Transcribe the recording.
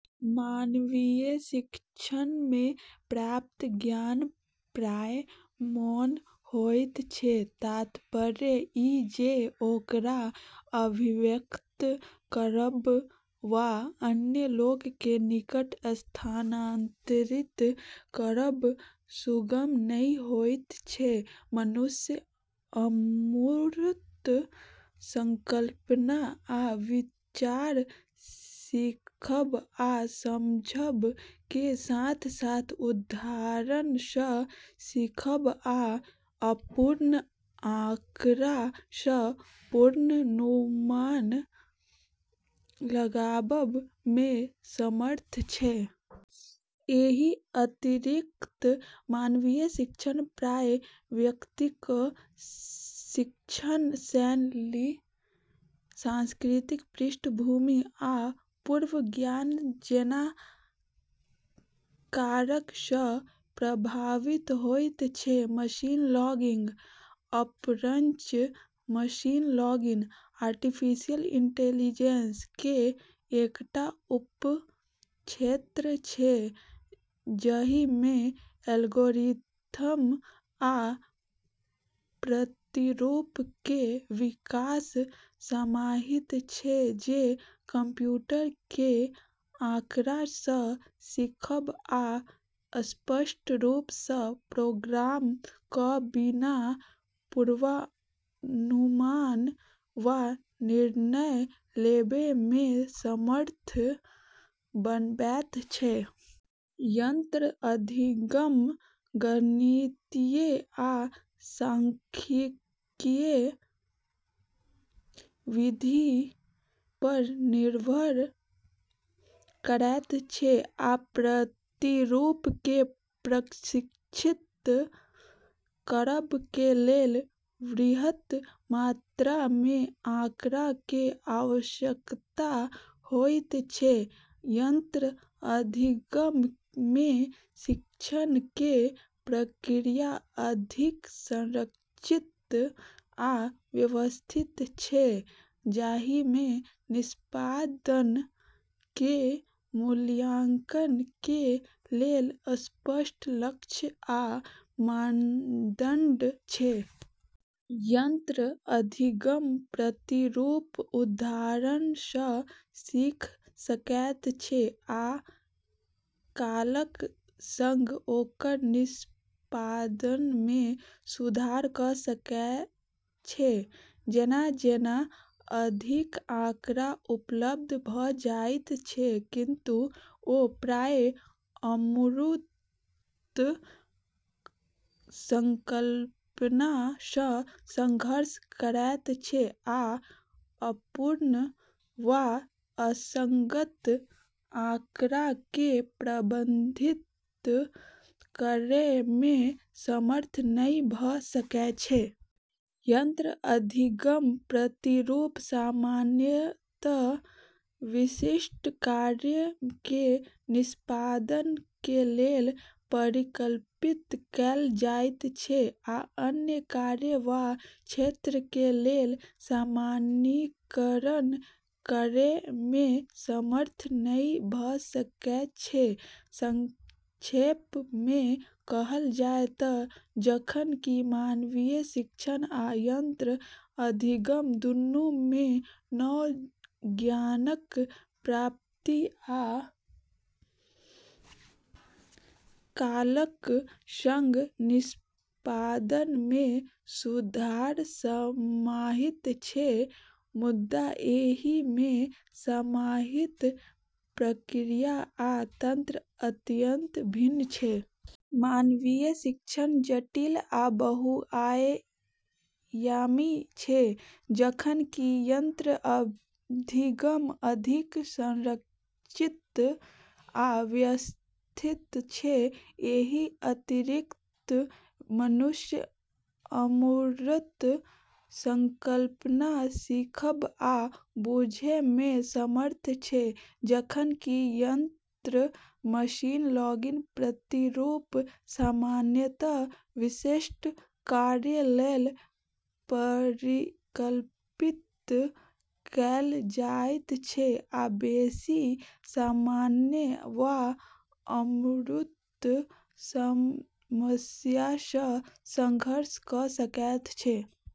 मानवीय शिक्षणमे प्राप्त ज्ञान प्रायः मौन होइत छै, तात्पर्य ई जे ओकरा अभिव्यक्त करब वा अन्य लोक के निकट स्थानांतरित करब सुगम नहि होइत छै। मनुष्य अमूर्त संकल्पना आ विचार सीखब आ समझब के साथ-साथ उदाहरण सँ सीखब आ अपूर्ण आँकड़ा सँ पूर्वानुमान लगाबब में समर्थ छै। एहि अतिरिक्त, मानवीय शिक्षण प्रायः वैयक्तिक शिक्षण शैली, सांस्कृतिक पृष्ठभूमि, आ पूर्व ज्ञान जैना कारक सँ प्रभावित होइत छै। मशीन लर्निंग: अपरंच, मशीन लर्निंग आर्टिफिशियल इंटेलिजेंस के एकटा उपक्षेत्र छै जहि में एल्गोरिथ्म आ प्रतिरूप के विकास समाहित छै जे कंप्यूटर के आँकड़ा सँ सीखब आ स्पष्ट रूप सँ प्रोग्राम क' बिना पूर्वानुमान वा निर्णय लेबयमे समर्थ बनबैत छै। यंत्र अधिगम गणितीय आ सांख्यिकीय विधि पर निर्भर करैत छै आ प्रतिरूप के प्रशिक्षित करब के लेल बृहत मात्रामे आँकड़ाके आवश्यकता होइत छै। यंत्र अधिगम में शिक्षण के प्रक्रिया अधिक संरचित आ व्यवस्थित छै, जाहिमे निष्पादन के मूल्यांकन के लेल स्पष्ट लक्ष्य आ मानदंड छै। यंत्र अधिगम प्रतिरूप उदाहरणसँ सीख सकैत छै आ कालक संग ओकर निष्पादनमे सुधार कऽ सकै छै जेना-जेना अधिक आँकड़ा उपलब्ध भऽ जाइत छै, किंतु ओ प्रायः अमूर्त संकल्पना सँ संघर्ष करैत छै आ अपूर्ण वा असंगत आँकड़ाकेँ प्रबंधित करयमे समर्थ नहि भऽ सकै छै। यंत्र अधिगम प्रतिरूप सामान्यतः विशिष्ट कार्य के निष्पादन के लेल परिकल्पित कएल जाइत छै आ अन्य कार्य वा क्षेत्र के लेल सामान्यीकरण करयमे समर्थ नहि भऽ सकै छै। संक्षेप में कहल जाय तँ जखन कि मानवीय शिक्षण आ यंत्र अधिगम दुनू मे नव ज्ञानक प्राप्ति आ कालक संग निष्पादनमे सुधार समाहित छै, मुदा एहिमे समाहित प्रक्रिया आ तंत्र अत्यंत भिन्न छै। मानवीय शिक्षण जटिल आ बहुआयामी छै, जखन कि यंत्र अधिगम अधिक संरचित आ व्यवस्थित छै। एहि अतिरिक्त, मनुष्य अमूर्त संकल्पना सीखब आ बुझयमे समर्थ छै, जखन कि यंत्र मशीन लर्निंग प्रतिरूप सामान्यतः विशिष्ट कार्य लेल परिकल्पित कएल जाइत छै आ बेशी सामान्य वा अमूर्त समस्यासँ संघर्ष कऽ सकैत छै।